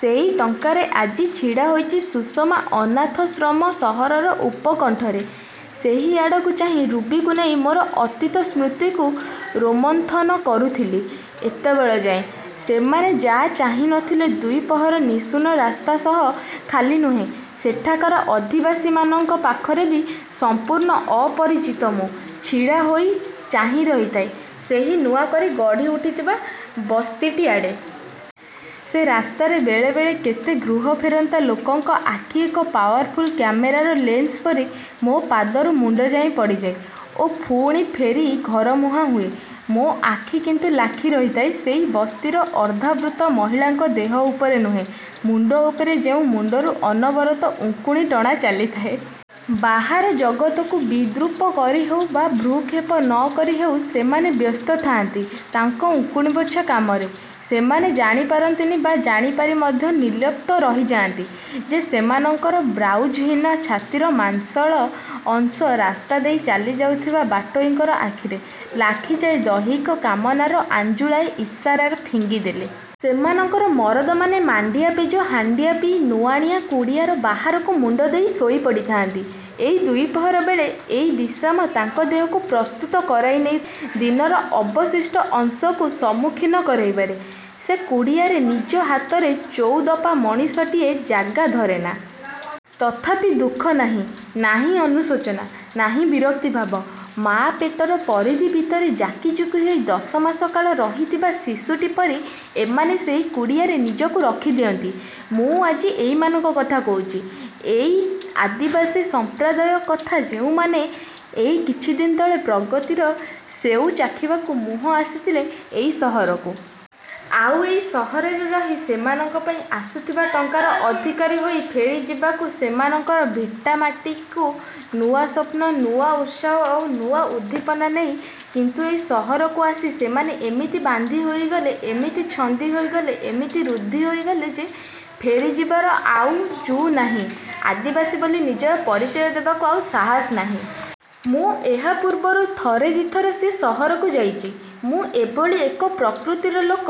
ସେଇ ଟଙ୍କାରେ ଆଜି ଛିଡ଼ାହୋଇଛି "ସୁଷମା ଅନାଥାଶ୍ରମ" ସହରର ଉପକଣ୍ଠରେ। ସେଇ ଆଡ଼କୁ ଚାହିଁ ରୁବିକୁ ନେଇ ମୋର ଅତୀତ ସ୍ମୃତିକୁ ରୋମନ୍ଥନ କରୁଥିଲି ଏତେବେଳଯାଏ। ସେମାନେ ଯା ଚାହିଁ ନ ଥିଲେ ଦ୍ଵିପ୍ରହର, ନିଶୂନ ରାସ୍ତା ସହ ଖାଲି ନୁହେଁ ସେଠାକାର ଅଧିବାସୀମାନଙ୍କ ପାଖରେ ବି ସମ୍ପୁର୍ଣ୍ଣ ଅପରିଚିତ ମୁଁ ଛିଡ଼ା ହୋଇ ଚାହିଁ ରହିଥାଏ ସେଇ ନୂଆକରି ଗଢ଼ି ଉଠିଥିବା ବସ୍ତିଟି ଆଡ଼େ। ସେ ରାସ୍ତାରେ ବେଳେବେଳେ କେତେ ଗୃହ ଫେରନ୍ତା ଲୋକଙ୍କ ଆଖି ଏକ ପାୱାରଫୁଲ୍ କାମେରାର ଲେନ୍ସ ପରି ମୋ' ପାଦରୁ ମୁଣ୍ଡଯାଏ ପଡ଼ିଯାଏ ଓ ପୁଣି ଫେରି ଘରମୁହାଁ ହୁଏ। ମୋ' ଆଖି କିନ୍ତୁ ଲାଖି ରହିଥାଏ ସେଇ ବସ୍ତିର ଅର୍ଦ୍ଧାବୃତ ମହିଳାଙ୍କ ଦେହ ଉପରେ ନୁହେଁ, ମୁଣ୍ଡ ଉପରେ ଯେଉଁ ମୁଣ୍ଡରୁ ଅନବରତ ଉକୁଣି ଟଣା ଚାଲିଥାଏ। ବାହାର ଜଗତକୁ ବିଦ୍ରୁପ କରି ହେଉ ବା ଭ୍ରୁକ୍ଷେପ ନ କରି ହେଉ ସେମାନେ ବ୍ୟସ୍ତ ଥାନ୍ତି ତାଙ୍କ ଉକୁଣି ବଛା କାମରେ। ସେମାନେ ଜାଣି ପାରନ୍ତିନି ବା ଜାଣିପାରି ମଧ୍ୟ ନିର୍ଲିପ୍ତ ରହିଯାଆନ୍ତି ଯେ ସେମାନଙ୍କର ବ୍ଲାଉଜହୀନ ଛାତିର ମାଂସଳ ଅଂଶ ରାସ୍ତାଦେଇ ଚାଲି ଯାଉଥିବା ବାଟେଇଙ୍କ ଆଖିରେ ଲାଖିଯାଏ ଦୈହିକ କାମନାର ଆଞ୍ଜୁଳାଏ ଇସାରା ଫିଙ୍ଗିଦେଇ। ସେମାନଙ୍କର ମରଦମାନେ ମାଣ୍ଡିଆ ପେଜ, ହାଣ୍ଡିଆ ପିଇ ନୁଆଁଣିଆ କୁଡ଼ିଆର ବାହାରକୁ ମୁଣ୍ଡଦେଇ ଶୋଇ ପଡ଼ିଥାନ୍ତି ଏଇ ଦ୍ୱିପ୍ରହର ବେଳେ ଓ ଏଇ ବିଶ୍ରାମ ତାଙ୍କ ଦେହକୁ ପ୍ରସ୍ତୁତ କରାଇ ନେଉଥାଏ ଦିନର ଅବଶିଷ୍ଟ ଅଂଶକୁ ସମ୍ମୁଖୀନ କରାଇବାରେ। ସେ କୁଡ଼ିଆରେ ନିଜ ହାତରେ ଚଉଦପା' ମଣିଷଟି ଜାଗା ଧରେନା। ତଥାପି ଦୁଃଖ ନାହିଁ, ନାହିଁ ଅନୁଶୋଚନା, ନାହିଁ ବିରକ୍ତି ଭାବ। ମାଆ ପେଟର ପରିଧି ଭିତରେ ଜାକି ଜୁକି ହୋଇ ଦଶମାସ କାଳ ରହିଥିବା ଶିଶୁଟି ପରି ଏମାନେ ସେଇ କୁଡ଼ିଆରେ ନିଜକୁ ରଖିଦିଅନ୍ତି। ମୁଁ ଆଜି ଏଇମାନଙ୍କ କଥା କହୁଛି। ଏଇ ଆଦିବାସୀ ସମ୍ପ୍ରଦାୟ କଥା ଯେଉଁମାନେ ଏଇ କିଛିଦିନ ତଳେ ପ୍ରଗତିର ସେଉ ଚାଖିବାକୁ ମୁହେଁଇ ଆସିଥିଲେ ଇଏ ସହରକୁ। ଆଉ ଏଇ ସହରରେ ରହି ସେମାନଙ୍କ ପାଇଁ ଆସୁଥିବା ଟଙ୍କାର ଅଧିକାରୀ ହୋଇ ଫେରିଯିବାକୁ ସେମାନଙ୍କର ଭିଟାମାଟିକୁ–ନୂଆ ସ୍ଵପ୍ନ, ନୂଆ ଉତ୍ସାହ ଆଉ ନୂଆ ଉଦ୍ଦୀପନା ନେଇ; କିନ୍ତୁ ଏଇ ସହରକୁ ଆସି ସେମାନେ ଏମିତି ବାନ୍ଧି ହୋଇଗଲେ, ଏମିତି ଛନ୍ଦି ହୋଇଗଲେ, ଏମିତି ରୁନ୍ଧି ହୋଇଗଲେ ଯେ ଫେରିଯିବାର, ଆଉ ଜୁ ନାହିଁ ଆଦିବାସୀ ବୋଲି ନିଜର ପରିଚୟ ଦେବାକୁ ଆଉ ସାହସ ନାହିଁ। ମୁଁ ଏହା ପୂର୍ବରୁ ଥରେ ଦି'ଥର ସେ ସହରକୁ ଯାଇଛି। ମୁଁ ଏଭଳି ଏକ ପ୍ରକୃତିର ଲୋକ,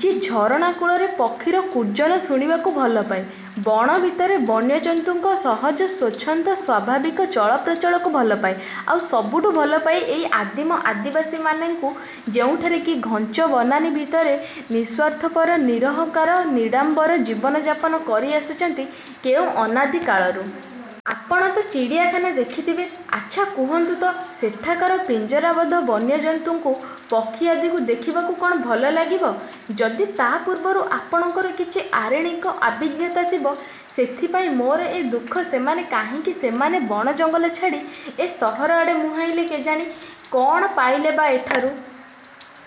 ଯିଏ ଝରଣା କୂଳରେ ପକ୍ଷୀର କୂଜନ ଶୁଣିବାକୁ ଭଲପାଏ, ବଣ ଭିତରେ ବଣ୍ୟଜନ୍ତୁଙ୍କ ସହଜ, ସ୍ଵଚ୍ଛନ୍ଦ, ସ୍ଵାଭାବିକ ଚଳ ପ୍ରଚଳକୁ ଭଲପାଏ, ଆଉ ସବୁଠୁଁ ଭଲପାଏ ଏଇ ଆଦିମ ଆଦିବାସୀମାନଙ୍କୁ ଯେଉଁମାନେ କି ଘଞ୍ଚ ବନାନୀ ଭିତରେ ନିଃସ୍ଵାର୍ଥପର ନିରହଂକାର, ନିରାଡ଼ମ୍ବର ଜୀବନଯାପନ କରି ଆସିଛନ୍ତି କେଉଁ ଅନାଦି କାଳରୁ। ଆପଣ ତ ଚିଡ଼ିଆଖାନା ଦେଖିଥିବେ। ଆଚ୍ଛା କହନ୍ତୁ ତ ସେଠାକାର ପିଞ୍ଜରାବଦ୍ଧ ବନ୍ୟଜନ୍ତୁ ପକ୍ଷୀ ଆଦିକୁ ଦେଖିବାକୁ କ'ଣ ଭଲଲାଗିବ, ଯଦି ତା' ପୂର୍ବରୁ ଆପଣଙ୍କର କିଛି ଆରଣ୍ୟକ ଅଭିଜ୍ଞତା ଥିବ! ସେଇଥିପାଇଁ ମୋର ଏ ଦୁଃଖ। ସେମାନେ କାହିଁକି ଯେ ସେମାନଙ୍କର ବଣଜଙ୍ଗଲ ଛାଡ଼ି ଏ ସହର ଆଡ଼େ ମୁହେଁଇଲେ କେଜାଣି? କ'ଣ ପାଇଲେ ବା ଏଠାରୁ?